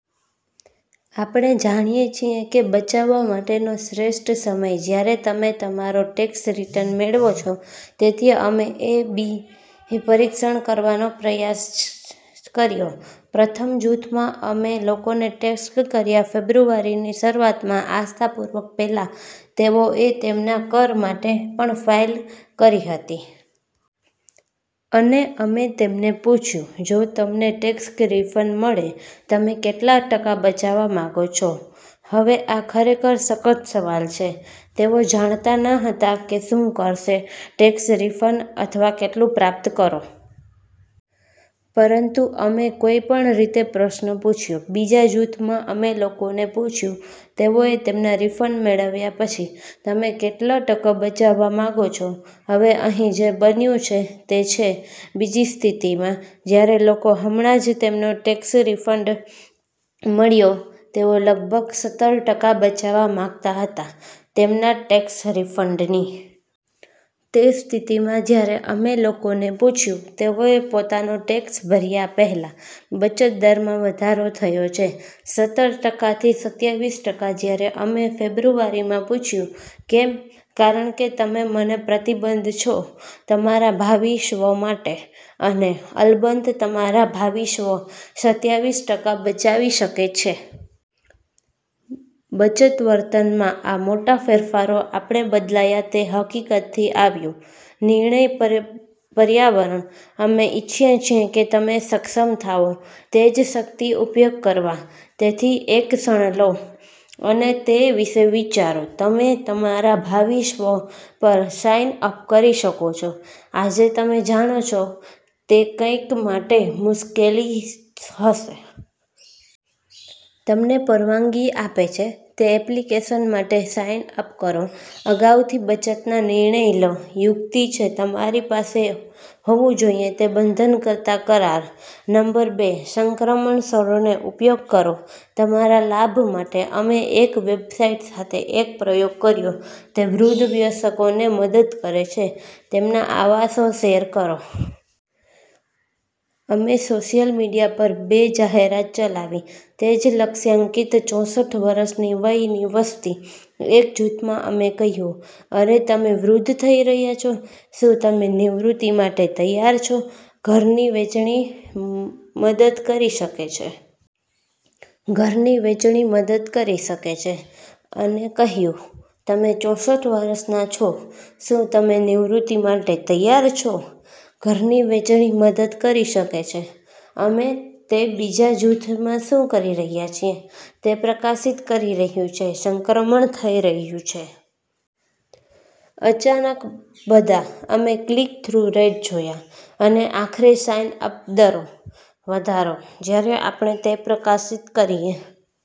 આપણે જાણીએ છીએ કે બચાવવા માટેનો શ્રેષ્ઠ સમયજ્યારે તમે તમારો ટેક્સ રીટર્ન મેળવો છો. તેથી અમે એ બી પરીક્ષણ કરવાનો પ્રયાસ કર્યો. પ્રથમ જૂથમાં, અમે લોકોને ટેક્સ્ટ કર્યાં ફેબ્રુઆરીની શરૂઆતમાં, આસ્થાપૂર્વક પહેલાં તેઓએ તેમના કર માટે પણ ફાઇલ કરી હતી. અને અમે તેમને પૂછ્યું, "જો તમને ટેક્સ રિફંડ મળે, તમે કેટલો ટકા બચાવવા માંગો છો? " હવે આ ખરેખર સખત સવાલ છે. તેઓ જાણતા ન હતા કે શું કરશે ટેક્સ રિફંડ અથવા કેટલું પ્રાપ્ત કરો. પરંતુ અમે કોઈપણ રીતે પ્રશ્ન પૂછ્યો. બીજા જૂથમાં, અમે લોકોને પૂછ્યું તેઓએ તેમના રિફંડ મેળવ્યા પછી, "તમે કેટલો ટકા બચાવવા માંગો છો? " હવે, અહીં જે બન્યું તે છે. તે બીજી સ્થિતિમાં, જ્યારે લોકો હમણાં જ તેમનો ટેક્સ રિફંડ મળ્યો, તેઓ લગભગ સતર ટકા બચાવવા માંગતા હતા તેમના ટેક્સ રિફંડની. તે સ્થિતિમાં જ્યારે અમે લોકોને પૂછ્યું તેઓએ પોતાનો ટેક્સ ભર્યા પહેલા, બચત દરમાં વધારો થયો છે સતર ટકાથી સત્યાવીસ ટકા જ્યારે અમે ફેબ્રુઆરીમાં પૂછ્યું. કેમ? કારણ કે તમે પ્રતિબદ્ધ છો તમારા ભાવિ સ્વ માટે, અને અલબત્ત તમારા ભાવિ સ્વ સત્યાવીસ ટકા બચાવી શકે છે. બચત વર્તનમાં આ મોટા ફેરફારો આપણે બદલાયા તે હકીકતથી આવ્યું નિર્ણય પર્યાવરણ. અમે ઇચ્છીએ છીએ કે તમે સક્ષમ થાઓ તે જ શક્તિનો ઉપયોગ કરવા. તેથી એક ક્ષણ લો અને તે વિશે વિચારો તમે તમારા ભાવિ સ્વ પર સાઇન અપ કરી શકો છો આજે તમે જાણો છો તે કંઈક માટે થોડી મુશ્કેલ હશે. તમને પરવાનગી આપે છે તે એપ્લિકેશન માટે સાઇન અપ કરોઅગાઉથી બચતનાં નિર્ણયો લો. યુક્તિ છે, તમારી પાસે હોવું જોઈએ તે બંધનકર્તા કરાર. નંબર બે: સંક્રમણ ક્ષણોનો ઉપયોગ કરો તમારા લાભ માટે. અમે એક વેબસાઇટ સાથે એક પ્રયોગ કર્યો તે વૃદ્ધ વયસ્કોને મદદ કરે છે તેમના આવાસો શેર કરો. અમે સોશિયલ મીડિયા પર બે જાહેરાત ચલાવી તે જ લક્ષ્યાંકિત ચોસઠ વર્ષની વયની વસ્તી. એક જૂથમાં, અમે કહ્યું, "અરે, તમે વૃદ્ધ થઈ રહ્યા છો. શું તમે નિવૃત્તિ માટે તૈયાર છો? ઘરની વહેંચણી મદદ કરી શકે છે. " ઘરની વહેંચણી મદદ કરી શકે છે. " અને કહ્યું, "તમે ચોસઠ વર્ષના છો. શું તમે નિવૃત્તિ માટે તૈયાર છો? ઘરની વહેંચણી મદદ કરી શકે છે. " અમે તે બીજા જૂથમાં શું કરી રહ્યા છીએ તે પ્રકાશિત કરી રહ્યું છે સંક્રમણ થઈ રહ્યું છે. અચાનક બધા અમે ક્લિક-થ્રુ રેટ જોયા, અને આખરે સાઇન અપ દરો, વધારો જ્યારે આપણે તે પ્રકાશિત કરીએ.